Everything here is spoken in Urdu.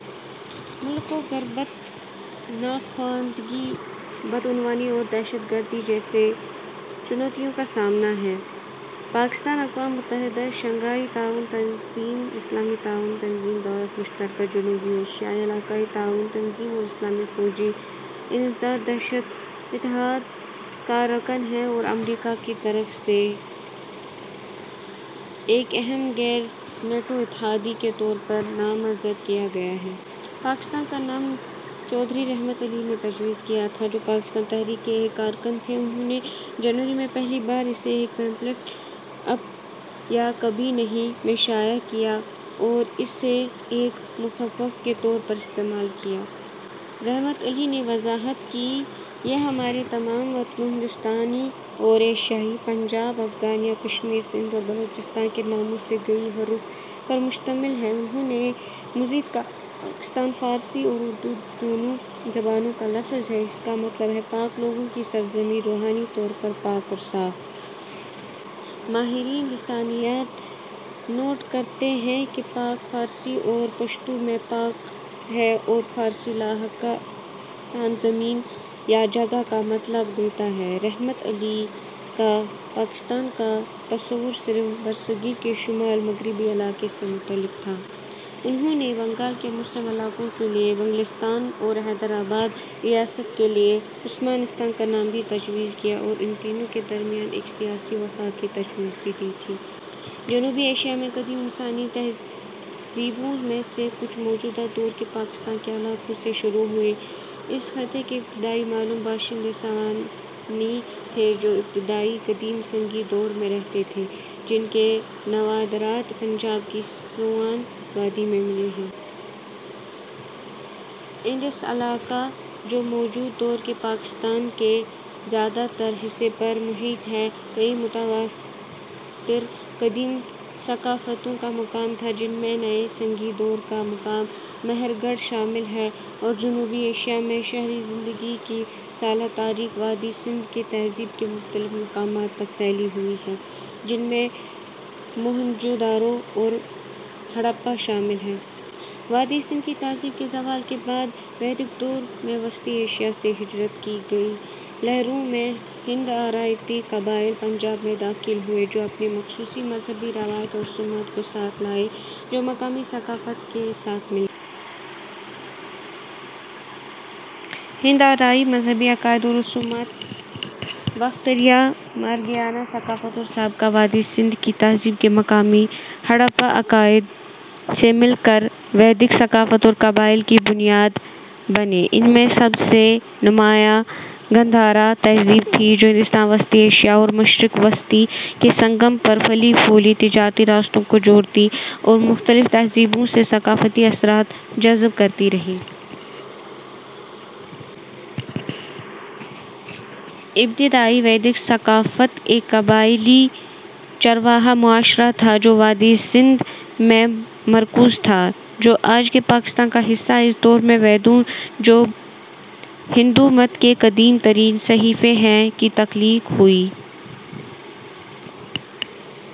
ملک کو غربت ، ناخواندگی ، بدعنوانی اور دہشت گردی جیسے چنوتیوں کا سامنا ہے۔ پاکستان اقوام متحدہ ، شنگھائی تعاون تنظیم ، اسلامی تعاون تنظیم ، دولت مشترکہ ، جنوبی ایشیائی علاقائی تعاون تنظیم اور اسلامی فوجی انسداد دہشت گردی اتحاد کا رکن ہے اور امریکا کی طرف سے ایک اہم غیر نیٹو اتحادی کے طور پر نامزد کیا گیا ہے۔ پاکستان کا نام چودھری رحمت علی نے تجویز کیا تھا، جو پاکستان تحریک کے ایک کارکن تھے۔ انھوں نے جنوری میں پہلی بار اسے ایک پمفلٹ " اب یا کبھی نہیں " میں شائع کیا اور اسے ایک مخفف کے طور پر استعمال کیا۔ رحمت علی نے وضاحت کی: "یہ ہمارے تمام وطنوں، ہندوستانی اور ایشیائی، پنجاب ، افغانیا ، کشمیر ، سندھ اور بلوچستان کے ناموں سے لی گئی حروف پر مشتمل ہے۔ " انھوں نے مزید کہا، "پاکستان فارسی اور اردو دونوں زبانوں کا لفظ ہے… اس کا مطلب ہے پاک لوگوں کی سرزمین، روحانی طور پر پاک اور صاف۔ " ماہرین لسانیات نوٹ کرتے ہیں کہ پاک فارسی اور پشتو میں 'پاک' ہے اور فارسی لاحقہ ـستان 'زمین' یا 'جگہ' کا مطلب دیتا ہے۔ رحمت علی کا پاکستان کا تصور صرف برصغیر کے شمال مغربی علاقے سے متعلق تھا۔ انھوں نے بنگال کے مسلم علاقوں کے لیے "بنگلستان" اور حیدرآباد ریاست کے لیے "عثمانستان" کا نام بھی تجویز کیا اور ان تینوں کے درمیان ایک سیاسی وفاق کی تجویز بھی دی تھی۔ جنوبی ایشیا میں قدیم انسانی تہذیبوں میں سے کچھ موجودہ دور کے پاکستان کے علاقوں سے شروع ہوئیں۔ اس خطے کے ابتدائی معلوم باشندے سوانی تھے جو ابتدائی قدیم سنگی دور میں رہتے تھے، جن کے نوادرات پنجاب کی سوان وادی میں ملے ہیں۔ انڈس علاقہ ، جو موجودہ دور کے پاکستان کے زیادہ تر حصے پر محیط ہے، کئیی متواتر قدیم ثقافتوں کا مقام تھا جن میں نیے سنگی دور کا مقام مہرگڑھ شامل ہے، اور جنوبی ایشیا میں شہری زندگی کی سالہ تاریخ وادی سندھ کی تہذیب کے مختلف مقامات تک پھیلی ہوئی ہے، جن میں موہنجو داڑو اور ہڑپہ شامل ہیں۔ وادی سندھ کی تہذیب کے زوال کے بعد، ویدک دور میں وسطی ایشیا سے ہجرت کی کئیی لہروں میں ہند-آریائی قبائل پنجاب میں داخل ہوئے، جو اپنے مخصوص مذہبی روایات اور رسومات کو ساتھ لائے جو مقامی ثقافت کے ساتھ مل گئیں۔ ہند-آریائی مذہبی عقائد اور رسومات، باختریا-مارگیانا ثقافت اور سابقہ وادی سندھ کی تہذیب کے مقامی ہڑپہ عقائد سے مل کر ویدک ثقافت اور قبائل کی بنیاد بنے۔ ان میں سب سے نمایاں گندھارا تہذیب تھی، جو ہندوستان، وسطی ایشیا اور مشرق وسطیٰ کے سنگم پر پھلی پھولی، تجارتی راستوں کو جوڑتی اور مختلف تہذیبوں سے ثقافتی اثرات جذب کرتی رہی۔ ابتدائی ویدک ثقافت ایک قبائلی، چرواہا معاشرہ تھا جو وادی سندھ میں مرکوز تھا، جو آج کے پاکستان کا حصہ ہے۔ اس دور میں ویدوں ، جو ہندو مت کے قدیم ترین صحیفے ہیں، کی تخلیق ہوئی۔